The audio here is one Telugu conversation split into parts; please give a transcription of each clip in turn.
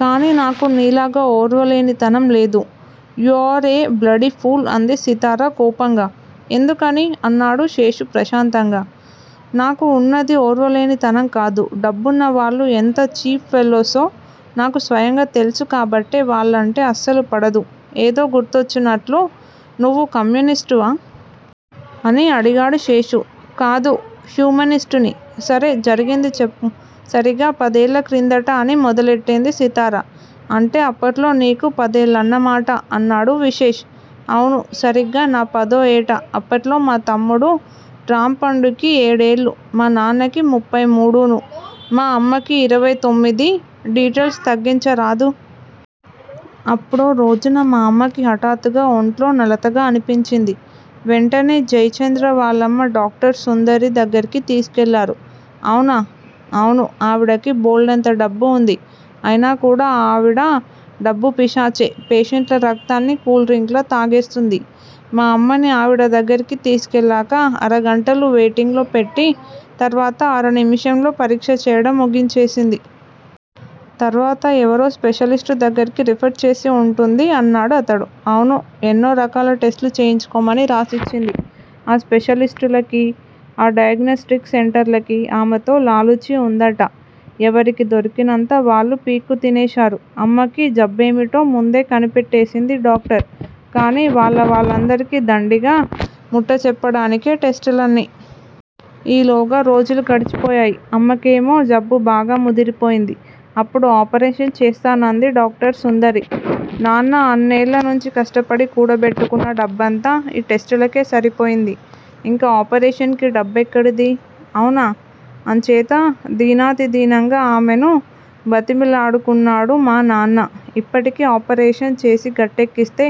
కానీ నాకు నీలాగా ఓర్వలేనితనం లేదు. యూఆర్ ఏ బ్లడీఫూల్ అంది సితార కోపంగా. ఎందుకని? అన్నాడు శేషు ప్రశాంతంగా. నాకు ఉన్నదీ ఓర్వలేనితనం కాదు. డబ్బున్న వాళ్ళు ఎంత ఛీప్ ఫెలో సో నాకు స్వయంగా తెలుసు కాబట్టే వాళ్ళంటే అస్సలు పడదు. ఏదో గుర్తొచ్చినట్లు నువ్వు కమ్యూనిస్టువా? అని అడిగాడు శేషు. కాదు హ్యూమనిస్టుని. సరే! జరిగింది చెప్పు. సరిగ్గా పదేళ్ళ క్రిందట అని మొదలెట్టింది సితార. అంటే అప్పట్లో నీకు పదేళ్ళన్నమాట అన్నాడు విశేష్. అవును! సరిగ్గా నా పదో ఏట, అప్పట్లో మా తమ్ముడు రాంపండుకి ఏడేళ్ళూ, మా నాన్నకి ముఫ్ఫయి మూడూనూ, మా అమ్మకి ఇరవై తొమ్మిది డిటెయిల్స్ తగ్గించరాదూ? అప్పుడో రోజున మా అమ్మకి హఠాత్తుగా ఒంట్లో నలతగా అనిపించింది. వెంటనే జెయ్ చంద్ర వాళ్ళమ్మ డాక్టర్ సుందరి దగ్గరకు తీసుకెళ్ళారు. ఔనా? ఔను! ఆవిడకి బోల్డెంత డబ్బు వుంది. అయినా కూడా ఆవిడ డబ్బుపిశాచే. పేషెంట్ల రక్తాన్ని కూల్ డ్రింక్ లా తాగేస్తుంది. మా అమ్మని ఆవిడ దగ్గరికి తీసుకెళ్ళాక ఆరుగంటలు వెయిటింగులో పెట్టి, తర్వాత అరనిమిషంలో పరీక్షచెయ్యడం ముగించేసింది. తర్వాత ఎవరో స్పెషలిస్టు దగ్గరికి రిఫర్ చేసి వుంటుంది అన్నాడు అతడు. అవును! ఎన్నో రకాల టెస్టులు చేయించుకోమని రాసిచ్చింది. ఆ స్పెషలిస్టులకీ, ఆ డయాగ్నోస్టిక్ సెంటర్లకీ ఆమెతో లాలూచీ వుందట. ఎవరికి దొరికినంత వాళ్ళు పీక్కు తినేశారు. అమ్మకి జబ్బేమిటో ముందే కనిపెట్టేసింది డాక్టర్, కానీ వాళ్ళ వాళ్ళందరికీ దండిగా ముట్టచెప్పడానికే టెస్టులన్నీ. ఈలోగా రోజులు గడచిపోయాయి. అమ్మకేమో జబ్బుబాగా ముదిరిపోయింది. అప్పుడు ఆపరేషన్ చేస్తానంది డాక్టర్ సుందరి. నాన్న అన్నేళ్ళనుంచి కష్టపడి కూడబెట్టుకున్న డబ్బంతా ఈ టెస్టులకే సరిపోయింది. ఇంక ఆపరేషన్ కి డబ్బెక్కడిదీ? అవునా? అంచేత దీనాతిదీనంగా ఆమెని బతిమలాడుకున్నాడు మా నాన్న. ఇప్పటికి ఆపరేషన్ చేసి గట్టెక్కిస్తే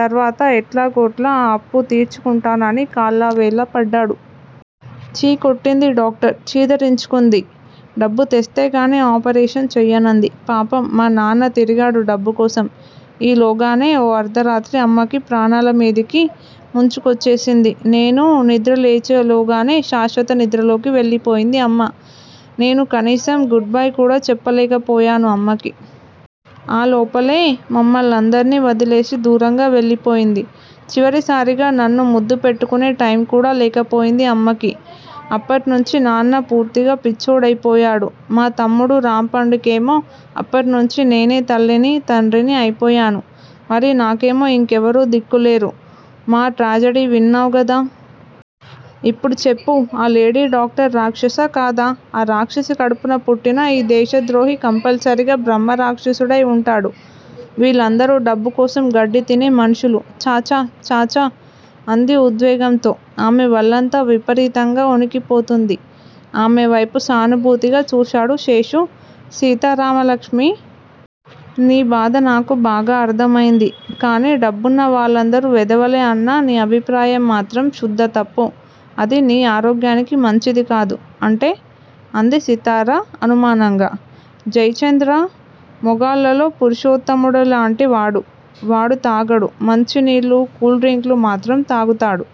తర్వాత ఎట్లాగొట్లా ఆ అప్పు తీర్చుకుంటానని కాళ్ళా వేళ్ళా పడ్డాడు. ఛీ కొట్టింది డాక్టరు, చీదరించుకుంది. డబ్బుతెస్తేగానీ ఆపరేషన్ చెయ్యనంది. పాపం మా నాన్న తిరిగాడు డబ్బు కోసం. ఈలోగానే ఓ అర్దరాత్రి అమ్మకి ప్రాణాలమీదికి ముంచుకొచ్చేసింది. నేను నిద్ర లేచేలోగానే శాశ్వత నిద్రలోకి వెళ్ళిపోయింది అమ్మ. నేను కనీసం గుడ్ బై కూడా చెప్పలేకపోయాను అమ్మకి. ఆ లోపలే మమ్మల్నందర్నీ వదిలేసి దూరంగా వెళ్ళిపోయింది. చివరిసారిగా నన్ను ముద్దు పెట్టుకునే టైముకూడా లేకపోయింది అమ్మకి. అప్పట్నుంచీ నాన్న పూర్తిగా పిచ్చోడైపోయాడు. మా తమ్ముడు రాంపండుకేమో అప్పట్నుంచీ నేనే తల్లినీ, తండ్రినీ అయిపోయాను. మరి నాకేమో యింకెవరూ దిక్కు లేరు. మా ట్రాజెడీ విన్నావ్ గదా! ఇప్పుడు చెప్పు. ఆ లేడీ డాక్టరు రాక్షసా కాదా? ఆ రాక్షసి కడుపున పుట్టిన ఈ దేశద్రోహి కంపల్సరీగా బ్రహ్మరాక్షసుడై వుంటాడు. వీళ్ళందరూ డబ్బుకోసం గడ్డితినే మనుషులు. ఛఛ ఛఛ! అంది. ఉద్వేగంతో ఆమె వళ్ళంతా విపరీతంగా ఒణికిపోతోంది. ఆమెవైపు సానుభూతిగా చూశాడు శేషు సీతారామలక్ష్మీ! నీ బాధ నాకు బాగా అర్ధమయ్యింది. కానీ డబ్బున్నవాళ్ళందరూ వెధవలే అన్న నీ అభిప్రాయం మాత్రం శుద్ద తప్పు. అది నీ ఆరోగ్యానికి మంచిది కాదు. అంటే? అంది సితార అనుమానంగా. జెయ్ చంద్ర మొగాళ్ళలో పురుషోత్తముడిలాంటివాడు. వాడు తాగడు. మంచినీళ్ళు, కూల్ డ్రింకులూ మాత్రం తాగుతాడు.